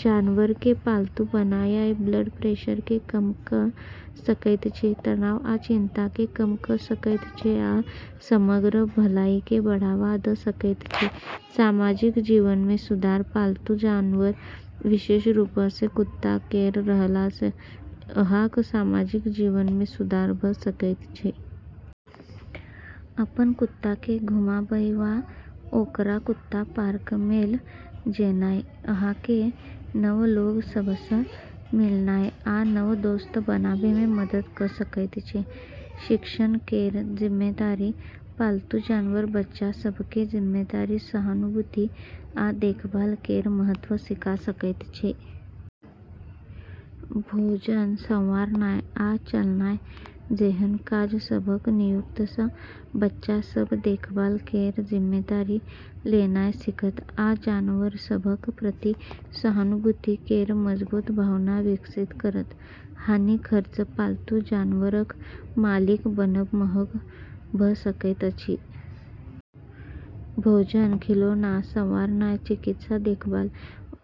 जानवरकेँ पालतू बनानाय ब्लड प्रेशरकेँ कम कऽ सकैत छै, तनाव आ चिंताकेँ कम कऽ सकैत छै आ समग्र भलाईकेँ बढ़ावा दऽ सकैत छै। सामाजिक जीवनमे सुधार: पालतू जानवर, विशेष रूपसँ कुत्ता केर रहलासँ अहाँक सामाजिक जीवनमे सुधार भऽ सकैत छै। अपन कुत्ताकेँ घुमाबय वा ओकरा कुत्ता पार्कमे ल' जेनाय अहाँकेँ नव लोग सभसँ मिलनाय आ नव दोस्त बनाबैमे मदद कऽ सकैत छै। शिक्षण केर जिम्मेदारी: पालतू जानवर बच्चा सभकेँ जिम्मेदारी, सहानुभूति, आ देखभाल केर महत्व सिखा सकैत छै। भोजन, संवारनाय, आ चलनाय जेहन काज सभक नियुक्तिसँ बच्चा सभ देखभाल केर जिम्मेदारी लेनाय सीखत आ जानवर सभक प्रति सहानुभूति केर मजबूत भावना विकसित करत। हानि: खर्च: पालतू जानवरक मालिक बनब महग भऽ सकैत अछि। भोजन, खिलौना, संवारनाय, चिकित्सा देखभाल,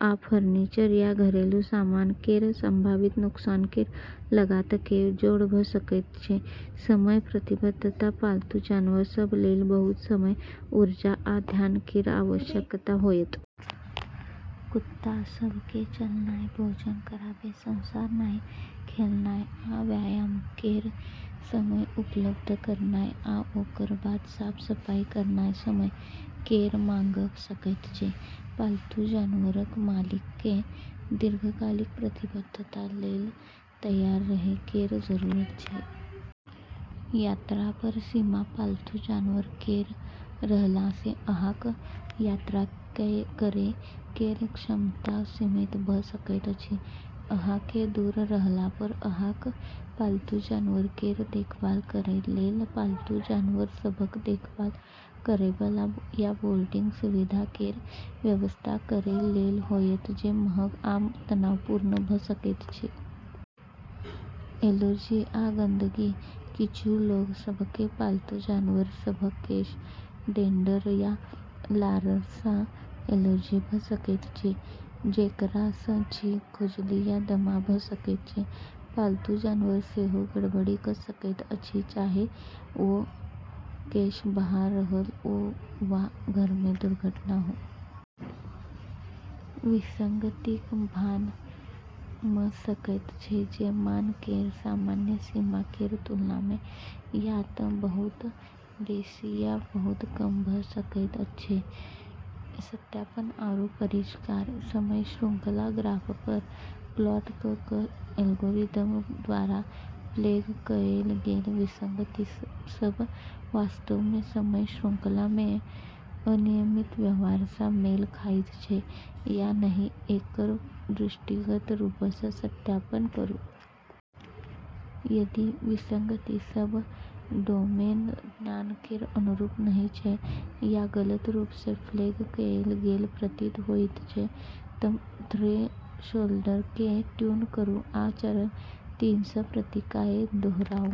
आ फर्नीचर या घरेलू सामान केर संभावित नुकसान केर लागतकेँ जोड़ भऽ सकैत छै। समय प्रतिबद्धता: पालतू जानवर सभ लेल बहुत समय, ऊर्जा, आ ध्यान केर आवश्यकता होयत। कुत्ता सभकेँ चलनाय, भोजन कराबै, संवारनाय, खेलनाय आ व्यायाम केर समय उपलब्ध करानाय, आ ओकर बाद साफ-सफाई करनाय समय केर मांग कऽ सकैत छै। पालतू जानवरक मालिककेँ दीर्घकालिक प्रतिबद्धता लेल तैयार रहै केर जरूरत छै। यात्रापर सीमा: पालतू जानवर केर रहलासँ अहाँक यात्रा करै केर क्षमता सीमित भऽ सकैत अछि। अहाँकेँ दूर रहलापर अहाँक पालतू जानवर केर देखभाल करै लेल पालतू जानवर सभक देखभाल करैबला या बोर्डिंग सुविधा केर व्यवस्था करै लेल होयत, जे महग आ तनावपूर्ण भऽ सकैत छै। एलर्जी आ गंदगी: किछु लोग सभकेँ पालतू जानवर सभक केश, डैंडर, या लारसँ एलर्जी भऽ सकैत छै, जेकरासँ छींक, खुजली, या दमा भऽ सकैत छै। पालतू जानवर सेहो गड़बड़ी कऽ सकैत अछि, चाहे ओ केश बहा रहल हो वा घरमे दुर्घटना हो। विसंगतिक मान भऽ सकैत छै जे मान केर सामान्य सीमा केर तुलनामे या तँ बहुत बेसी या बहुत कम भऽ सकैत छै। सत्यापन आरू परिष्कार: समय श्रृंखला ग्राफपर प्लॉट कऽ कऽ एल्गोरिदम द्ववारा फ्लैग कएल गेल विसंगति सभ वास्तवमे समय श्रृंखलामे अनियमित व्यवहारसँ मेल खाइत छै या नहि, एकर दृष्टिगत रूपसँ सत्यापन करू। यदि विसंगति सभ डोमेन ज्ञान केर अनुरूप नहि छै या गलत रूपसँ फ्लैग कएल गेल प्रतीत होइत छै, तँ थ्रेशोल्डकेँ ट्यून करू आ चरण तीन सँ प्रक्रियाकेँ दोहराउ।